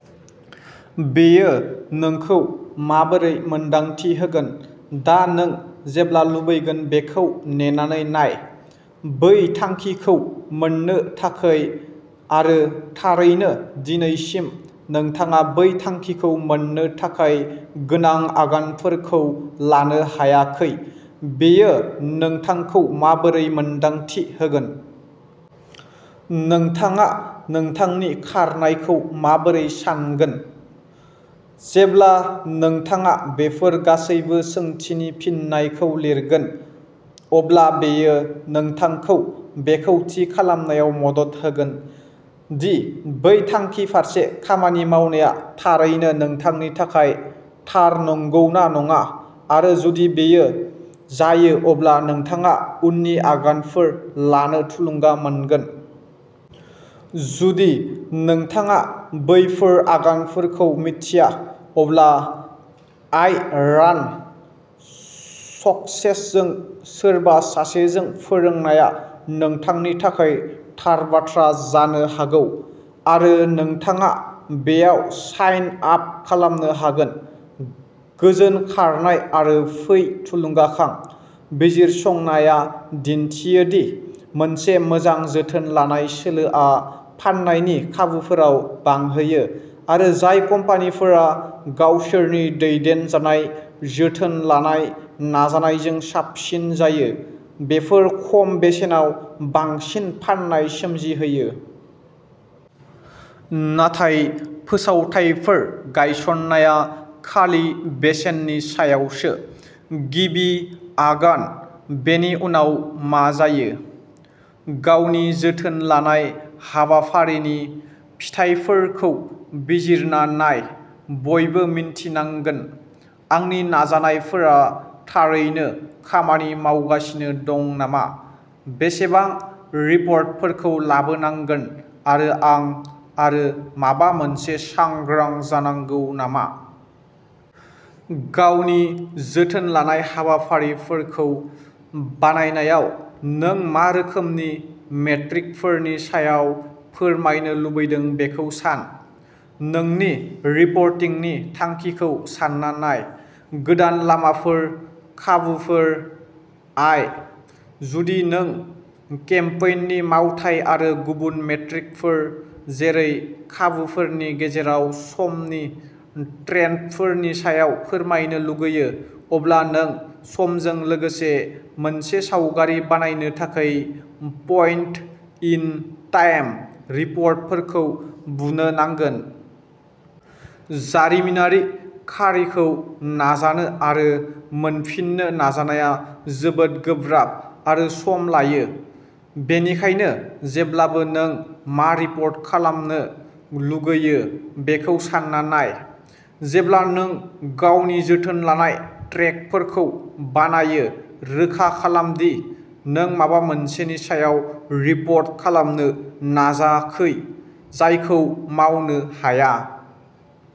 बेयो नोंखौ माबोरै मोन्दांथि होगोन? दा नों जेब्ला लुबैगोन बेखौ नेनानै नाय। बै थांखिखौ मोन्नो थाखाय, आरो थारैनो दिनैसिम, नोंथाङा बै थांखिखौ मोन्नो थाखाय गोनां आगानफोरखौ लानो हायाखै। बेयो नोंथांखौ माबोरै मोन्दांथि होगोन? नोंथाङा नोंथांनि खारनायखौ माबोरै सान्गोन? जेब्ला नोंथाङा बेफोर गासैबो सोंथिनि फिननायखौ लिरगोन, अब्ला बेयो नोंथांखौ बेखौ थि खालामनायाव मदद होगोन दि बै थांखि फारसे खामानि मावनाया थारैनो नोंथांनि थाखाय थार नंगौना नङा, आरो जुदि बेयो जायो, अब्ला नोंथाङा उननि आगानफोर लानो थुलुंगा मोनगोन। जुदि नोंथाङा बैफोर आगानफोरखौ मिथिया, अब्ला आई रान सक्सेसजों सोरबा सासेजों फोरोंनाया नोंथांनि थाखाय थार बाथ्रा जानो हागौ, आरो नोंथाङा बेयाव साइन आप खालामनो हागोन। गोजोन खारनाय, आरो फै थुलुंगाखां। बिजिरसंनाया दिन्थियो दि मोनसे मोजां जोथोन लानाय सोलोआ फान्नायनि खाबुफोराव बांहोयो आरो जाय कम्पानिफोरा गावसोरनि दैदेनजानाय जोथोन लानाय नाजानायजों साबसिन जायो, बेफोर खम बेसेनाव बांसिन फान्नाय सोमजिहोयो। नाथाय फोसावथायफोर गायसन्नाया खालि बेसेननि सायावसो। गिबि आगान। बेनि उनाव मा जायो? गावनि जोथोन लानाय हाबाफारिनि फिथाइफोरखौ बिजिरना नाय। बयबो मिन्थिनांगोनः आंनि नाजानायफोरा थारैनो खामानि मावगासिनो दं नामा, बेसेबां रिपर्टफोरखौ लाबोनांगोन, आरो आं आरो माबा मोनसे सांग्रां जानांगौ नामा? गावनि जोथोन लानाय हाबाफारिखौ बानायनायाव, नों मा रोखोमनि मेट्रिकफोरनि सायाव फोरमायनो लुबैदों बेखौ सान। नोंनि रिपर्टिंनि थांखिखौ सान्ना नाय; गोदान लामाफोर, खाबुफोर, आय? जुदि नों केम्पेइननि मावथाय आरो गुबुन मेट्रिकफोर जेरै खाबुफोरनि गेजेराव समनि ट्रेन्डफोरनि सायाव फोरमायनो लुगैयो, अब्ला नों समजों लोगोसे मोनसे सावगारि बानायनो थाखाय पइन्ट-इन-टाइम रिपर्टफोरखौ बुनो नांगोन। जारिमिनारि खारिखौ नाजानो आरो मोनफिननो नाजानाया जोबोद गोब्राब आरो सम लायो; बेनिखायनो जेब्लाबो नों मा रिपर्ट खालामनो लुगैयो बेखौ सान्ना नाय, जेब्ला नों गावनि जोथोन लानाय ट्रेकफोरखौ बानायो। रोखा खालाम दि नों माबा मोनसेनि सायाव रिपर्ट खालामनो नाजाखै जायखौ मावनो हाया।